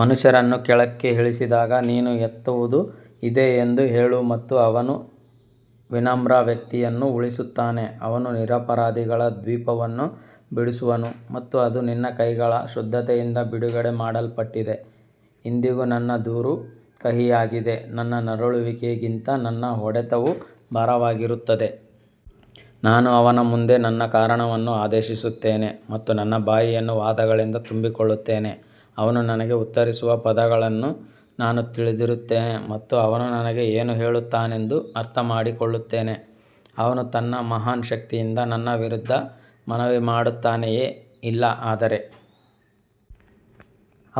ಮನುಷ್ಯರನ್ನು ಕೆಳಕ್ಕೆ ಇಳಿಸಿದಾಗ ನೀನು ಎತ್ತುವುದು ಇದೆ ಎಂದು ಹೇಳು ಮತ್ತು ಅವನು ವಿನಮ್ರ ವ್ಯಕ್ತಿಯನ್ನು ಉಳಿಸುತ್ತಾನೆ ಅವನು ನಿರಪರಾಧಿಗಳ ದ್ವೀಪವನ್ನು ಬಿಡಿಸುವನು ಮತ್ತು ಅದು ನಿನ್ನ ಕೈಗಳ ಶುದ್ಧತೆಯಿಂದ ಬಿಡುಗಡೆ ಮಾಡಲ್ಪಟ್ಟಿದೆ ಇಂದಿಗೂ ನನ್ನ ದೂರು ಕಹಿಯಾಗಿದೆ, ನನ್ನ ನರಳುವಿಕೆಗಿಂತ ನನ್ನ ಹೊಡೆತವು ಭಾರವಾಗಿರುತ್ತದೆ ನಾನು ಅವನ ಮುಂದೆ ನನ್ನ ಕಾರಣವನ್ನು ಆದೇಶಿಸುತ್ತೇನೆ ಮತ್ತು ನನ್ನ ಬಾಯಿಯನ್ನು ವಾದಗಳಿಂದ ತುಂಬಿಕೊಳ್ಳುತ್ತೇನೆ ಅವನು ನನಗೆ ಉತ್ತರಿಸುವ ಪದಗಳನ್ನು ನಾನು ತಿಳಿದಿರುತ್ತೇನೆ ಮತ್ತು ಅವನು ನನಗೆ ಏನು ಹೇಳುತ್ತಾನೆಂದು ಅರ್ಥಮಾಡಿಕೊಳ್ಳುತ್ತೇನೆ ಅವನು ತನ್ನ ಮಹಾನ್ ಶಕ್ತಿಯಿಂದ ನನ್ನ ವಿರುದ್ಧ ಮನವಿ ಮಾಡುತ್ತಾನೆಯೇ ಇಲ್ಲ ಆದರೆ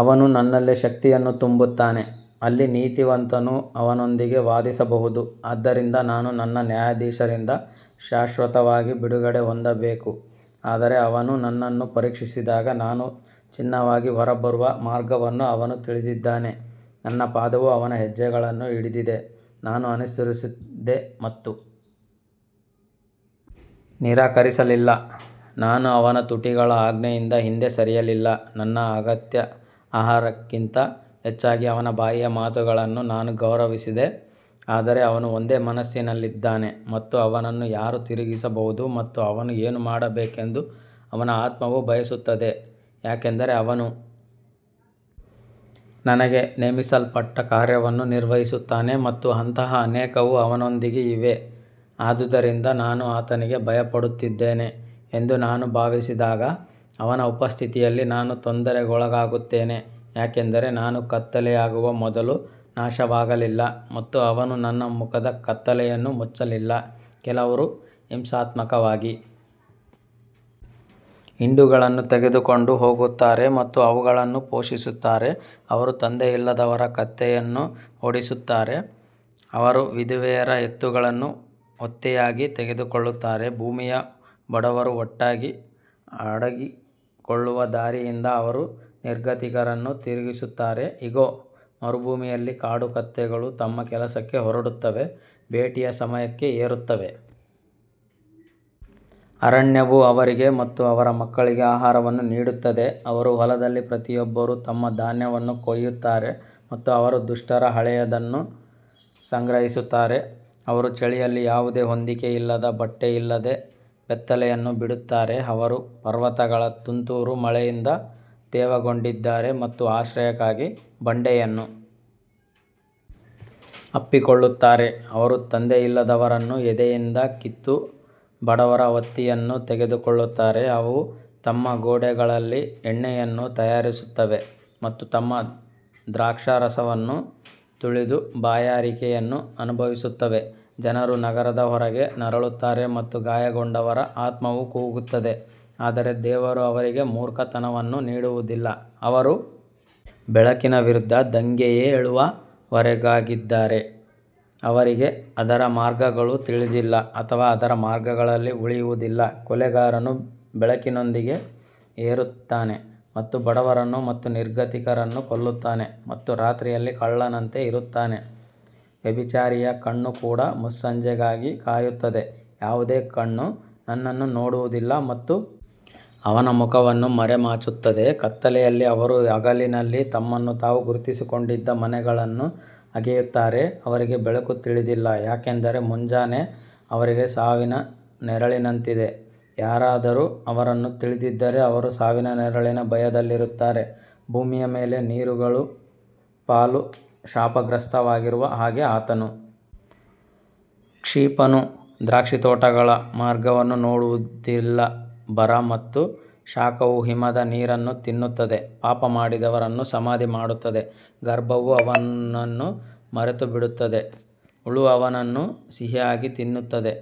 ಅವನು ನನ್ನಲ್ಲಿ ಶಕ್ತಿಯನ್ನು ತುಂಬುತ್ತಾನೆ ಅಲ್ಲಿ ನೀತಿವಂತನು ಅವನೊಂದಿಗೆ ವಾದಿಸಬಹುದು ಆದ್ದರಿಂದ ನಾನು ನನ್ನ ನ್ಯಾಯಾಧೀಶರಿಂದ ಶಾಶ್ವತವಾಗಿ ಬಿಡುಗಡೆ ಹೊಂದಬೇಕು ಆದರೆ ಅವನು ನನ್ನನ್ನು ಪರೀಕ್ಷಿಸಿದಾಗ ನಾನು ಚಿನ್ನವಾಗಿ ಹೊರಬರುವ ಮಾರ್ಗವನ್ನು ಅವನು ತಿಳಿದಿದ್ದಾನೆ ನನ್ನ ಪಾದವು ಅವನ ಹೆಜ್ಜೆಗಳನ್ನು ಹಿಡಿದಿದೆ ನಾನು ಅನುಸರಿಸಿದೆ ಮತ್ತು ನಿರಾಕರಿಸಲಿಲ್ಲ ನಾನು ಅವನ ತುಟಿಗಳ ಆಜ್ಞೆಯಿಂದ ಹಿಂದೆ ಸರಿಯಲಿಲ್ಲ, ನನ್ನ ಅಗತ್ಯ ಆಹಾರಕ್ಕಿಂತ ಹೆಚ್ಚಾಗಿ ಅವನ ಬಾಯಿಯ ಮಾತುಗಳನ್ನು ನಾನು ಗೌರವಿಸಿದೆ ಆದರೆ ಅವನು ಒಂದೇ ಮನಸ್ಸಿನಲ್ಲಿದ್ದಾನೆ ಮತ್ತು ಅವನನ್ನು ಯಾರು ತಿರುಗಿಸಬಹುದು ಮತ್ತು ಅವನು ಏನು ಮಾಡಬೇಕೆಂದು ಅವನ ಆತ್ಮವು ಬಯಸುತ್ತದೆ ಯಾಕಂದರೆ ಅವನು ನನಗೆ ನೇಮಿಸಲ್ಪಟ್ಟ ಕಾರ್ಯವನ್ನು ನಿರ್ವಹಿಸುತ್ತಾನೆ ಮತ್ತು ಅಂತಹ ಅನೇಕವು ಅವನೊಂದಿಗೆ ಇವೆ ಆದುದರಿಂದ ನಾನು ಆತನಿಗೆ ಭಯಪಡುತ್ತಿದ್ದೇನೆ ಎಂದು ನಾನು ಭಾವಿಸಿದಾಗ ಅವನ ಉಪಸ್ಥಿತಿಯಲ್ಲಿ ನಾನು ತೊಂದರೆಗೊಳಗಾಗುತ್ತೇನೆ ಯಾಕಂದರೆ ನಾನು ಕತ್ತಲೆಯಾಗುವ ಮೊದಲು ನಾಶವಾಗಲಿಲ್ಲ ಮತ್ತು ಅವನು ನನ್ನ ಮುಖದ ಕತ್ತಲೆಯನ್ನು ಮುಚ್ಚಲಿಲ್ಲ ಕೆಲವರು ಹಿಂಸಾತ್ಮಕವಾಗಿ ಹಿಂಡುಗಳನ್ನು ತೆಗೆದುಕೊಂಡು ಹೋಗುತ್ತಾರೆ ಮತ್ತು ಅವುಗಳನ್ನು ಪೋಷಿಸುತ್ತಾರೆ ಅವರು ತಂದೆಯಿಲ್ಲದವರ ಕತ್ತೆಯನ್ನು ಓಡಿಸುತ್ತಾರೆ, ಅವರು ವಿಧವೆಯರ ಎತ್ತುಗಳನ್ನು ಒತ್ತೆಯಾಗಿ ತೆಗೆದುಕೊಳ್ಳುತ್ತಾರೆ ಭೂಮಿಯ ಬಡವರು ಒಟ್ಟಾಗಿ ಅಡಗಿಕೊಳ್ಳುವ ದಾರಿಯಿಂದ ಅವರು ನಿರ್ಗತಿಕರನ್ನು ತಿರುಗಿಸುತ್ತಾರೆ ಇಗೋ, ಮರುಭೂಮಿಯಲ್ಲಿ ಕಾಡು ಕತ್ತೆಗಳು ತಮ್ಮ ಕೆಲಸಕ್ಕೆ ಹೊರಡುತ್ತವೆ, ಬೇಟೆಯ ಸಮಯಕ್ಕೆ ಏರುತ್ತವೆ ಅರಣ್ಯವು ಅವರಿಗೆ ಮತ್ತು ಅವರ ಮಕ್ಕಳಿಗೆ ಆಹಾರವನ್ನು ನೀಡುತ್ತದೆ ಅವರು ಹೊಲದಲ್ಲಿ ಪ್ರತಿಯೊಬ್ಬರು ತಮ್ಮ ಧಾನ್ಯವನ್ನು ಕೊಯ್ಯುತ್ತಾರೆ ಮತ್ತು ಅವರು ದುಷ್ಟರ ಹಳೆಯದನ್ನು ಸಂಗ್ರಹಿಸುತ್ತಾರೆ ಅವರು ಚಳಿಯಲ್ಲಿ ಯಾವುದೇ ಹೊದಿಕೆಯಿಲ್ಲದ ಬಟ್ಟೆಯಿಲ್ಲದೆ ಬೆತ್ತಲೆಯನ್ನು ಬಿಡುತ್ತಾರೆ ಅವರು ಪರ್ವತಗಳ ತುಂತುರು ಮಳೆಯಿಂದ ತೇವಗೊಂಡಿದ್ದಾರೆ ಮತ್ತು ಆಶ್ರಯಕ್ಕಾಗಿ ಬಂಡೆಯನ್ನು ಅಪ್ಪಿಕೊಳ್ಳುತ್ತಾರೆ ಅವರು ತಂದೆಯಿಲ್ಲದವರನ್ನು ಎದೆಯಿಂದ ಕಿತ್ತು ಬಡವರ ಒತ್ತೆಯನ್ನು ತೆಗೆದುಕೊಳ್ಳುತ್ತಾರೆ ಅವು ತಮ್ಮ ಗೋಡೆಗಳಲ್ಲಿ ಎಣ್ಣೆಯನ್ನು ತಯಾರಿಸುತ್ತವೆ ಮತ್ತು ತಮ್ಮ ದ್ರಾಕ್ಷಾರಸವನ್ನು ತುಳಿದು ಬಾಯಾರಿಕೆಯನ್ನು ಅನುಭವಿಸುತ್ತವೆ ಜನರು ನಗರದ ಹೊರಗೆ ನರಳುತ್ತಾರೆ ಮತ್ತು ಗಾಯಗೊಂಡವರ ಆತ್ಮವು ಕೂಗುತ್ತದೆ ಆದರೆ ದೇವರು ಅವರಿಗೆ ಮೂರ್ಖತನವನ್ನು ನೀಡುವುದಿಲ್ಲ ಅವರು ಬೆಳಕಿನ ವಿರುದ್ಧ ದಂಗೆಯೇಳುವವರಾಗಿದ್ದಾರೆ, ಅವರಿಗೆ ಅದರ ಮಾರ್ಗಗಳು ತಿಳಿದಿಲ್ಲ ಅಥವಾ ಅದರ ಮಾರ್ಗಗಳಲ್ಲಿ ಉಳಿಯುವುದಿಲ್ಲ ಕೊಲೆಗಾರನು ಬೆಳಕಿನೊಂದಿಗೆ ಏರುತ್ತಾನೆ ಮತ್ತು ಬಡವರನ್ನು ಮತ್ತು ನಿರ್ಗತಿಕರನ್ನು ಕೊಲ್ಲುತ್ತಾನೆ ಮತ್ತು ರಾತ್ರಿಯಲ್ಲಿ ಕಳ್ಳನಂತೆ ಇರುತ್ತಾನೆ ವ್ಯಭಿಚಾರಿಯ ಕಣ್ಣು ಕೂಡ ಮುಸ್ಸಂಜೆಗಾಗಿ ಕಾಯುತ್ತದೆ, ಯಾವುದೇ ಕಣ್ಣು ನನ್ನನ್ನು ನೋಡುವುದಿಲ್ಲ ಮತ್ತು ಅವನ ಮುಖವನ್ನು ಮರೆಮಾಚುತ್ತದೆ ಕತ್ತಲೆಯಲ್ಲಿ ಅವರು ಹಗಲಿನಲ್ಲಿ ತಮ್ಮನ್ನು ತಾವು ಗುರುತಿಸಿಕೊಂಡಿದ್ದ ಮನೆಗಳನ್ನು ಅಗೆಯುತ್ತಾರೆ, ಅವರಿಗೆ ಬೆಳಕು ತಿಳಿದಿಲ್ಲ ಯಾಕಂದರೆ ಮುಂಜಾನೆ ಅವರಿಗೆ ಸಾವಿನ ನೆರಳಿನಂತಿದೆ, ಯಾರಾದರೂ ಅವರನ್ನು ತಿಳಿದಿದ್ದರೆ ಅವರು ಸಾವಿನ ನೆರಳಿನ ಭಯದಲ್ಲಿರುತ್ತಾರೆ ಭೂಮಿಯ ಮೇಲೆ ನೀರುಗಳ ಪಾಲು ಶಾಪಗ್ರಸ್ತವಾಗಿರುವ ಹಾಗೆ ಆತನು ಕ್ಷಿಪ್ರನು ದ್ರಾಕ್ಷಿತೋಟಗಳ ಮಾರ್ಗವನ್ನು ನೋಡುವುದಿಲ್ಲ ಬರ ಮತ್ತು ಶಾಖವು ಹಿಮದ ನೀರನ್ನು ತಿನ್ನುತ್ತದೆ, ಪಾಪ ಮಾಡಿದವರನ್ನು ಸಮಾಧಿ ಮಾಡುತ್ತದೆ ಗರ್ಭವು ಅವನನ್ನು ಮರೆತುಬಿಡುತ್ತದೆ, ಹುಳು ಅವನನ್ನು ಸಿಹಿಯಾಗಿ ತಿನ್ನುತ್ತದೆ,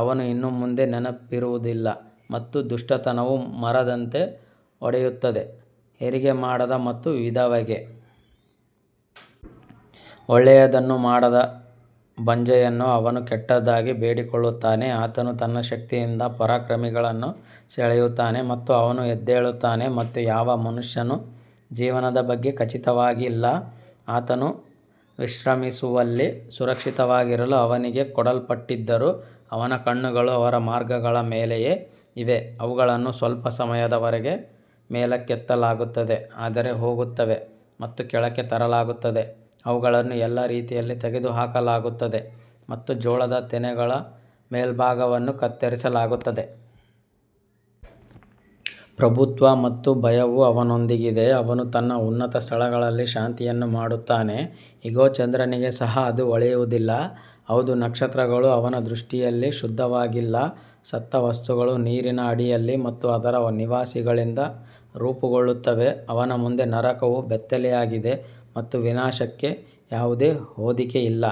ಅವನು ಇನ್ನು ಮುಂದೆ ನೆನಪಿರುವುದಿಲ್ಲ ಮತ್ತು ದುಷ್ಟತನವು ಮರದಂತೆ ಒಡೆಯುತ್ತದೆ ಹೆರಿಗೆ ಮಾಡದ ಮತ್ತು ವಿಧವೆಗೆ ಒಳ್ಳೆಯದನ್ನು ಮಾಡದ ಬಂಜೆಯನ್ನು ಅವನು ಕೆಟ್ಟದಾಗಿ ಬೇಡಿಕೊಳ್ಳುತ್ತಾನೆ ಆತನು ತನ್ನ ಶಕ್ತಿಯಿಂದ ಪರಾಕ್ರಮಿಗಳನ್ನೂ ಸೆಳೆಯುತ್ತಾನೆ ಮತ್ತು ಅವನು ಎದ್ದೇಳುತ್ತಾನೆ ಮತ್ತು ಯಾವ ಮನುಷ್ಯನೂ ಜೀವನದ ಬಗ್ಗೆ ಖಚಿತವಾಗಿಲ್ಲ ಆತನು ವಿಶ್ರಮಿಸುವಲ್ಲಿ ಸುರಕ್ಷಿತವಾಗಿರಲು ಅವನಿಗೆ ಕೊಡಲ್ಪಟ್ಟಿದ್ದರೂ ಅವನ ಕಣ್ಣುಗಳು ಅವರ ಮಾರ್ಗಗಳ ಮೇಲೆಯೇ ಇವೆ ಅವುಗಳನ್ನು ಸ್ವಲ್ಪ ಸಮಯದವರೆಗೆ ಮೇಲಕ್ಕೆತ್ತಲಾಗುತ್ತದೆ ಆದರೆ ಹೋಗುತ್ತವೆ ಮತ್ತು ಕೆಳಕ್ಕೆ ತರಲಾಗುತ್ತದೆ, ಅವುಗಳನ್ನು ಎಲ್ಲಾ ರೀತಿಯಲ್ಲಿ ತೆಗೆದುಹಾಕಲಾಗುತ್ತದೆ ಮತ್ತು ಜೋಳದ ತೆನೆಗಳ ಮೇಲ್ಭಾಗವನ್ನು ಕತ್ತರಿಸಲಾಗುತ್ತದೆ. ಪ್ರಭುತ್ವ ಮತ್ತು ಭಯವು ಅವನೊಂದಿಗಿದೆ ಅವನು ತನ್ನ ಉನ್ನತ ಸ್ಥಳಗಳಲ್ಲಿ ಶಾಂತಿಯನ್ನು ಮಾಡುತ್ತಾನೆ ಇಗೋ ಚಂದ್ರನಿಗೆ ಸಹ ಅದು ಹೊಳೆಯುವುದಿಲ್ಲ, ಹೌದು ನಕ್ಷತ್ರಗಳು ಅವನ ದೃಷ್ಟಿಯಲ್ಲಿ ಶುದ್ಧವಾಗಿಲ್ಲ ಸತ್ತ ವಸ್ತುಗಳು ನೀರಿನ ಅಡಿಯಲ್ಲಿ ಮತ್ತು ಅದರ ನಿವಾಸಿಗಳಿಂದ ರೂಪುಗೊಳ್ಳುತ್ತವೆ ಅವನ ಮುಂದೆ ನರಕವು ಬೆತ್ತಲೆಯಾಗಿದೆ ಮತ್ತು ವಿನಾಶಕ್ಕೆ ಯಾವುದೇ ಹೊದಿಕೆಯಿಲ್ಲ.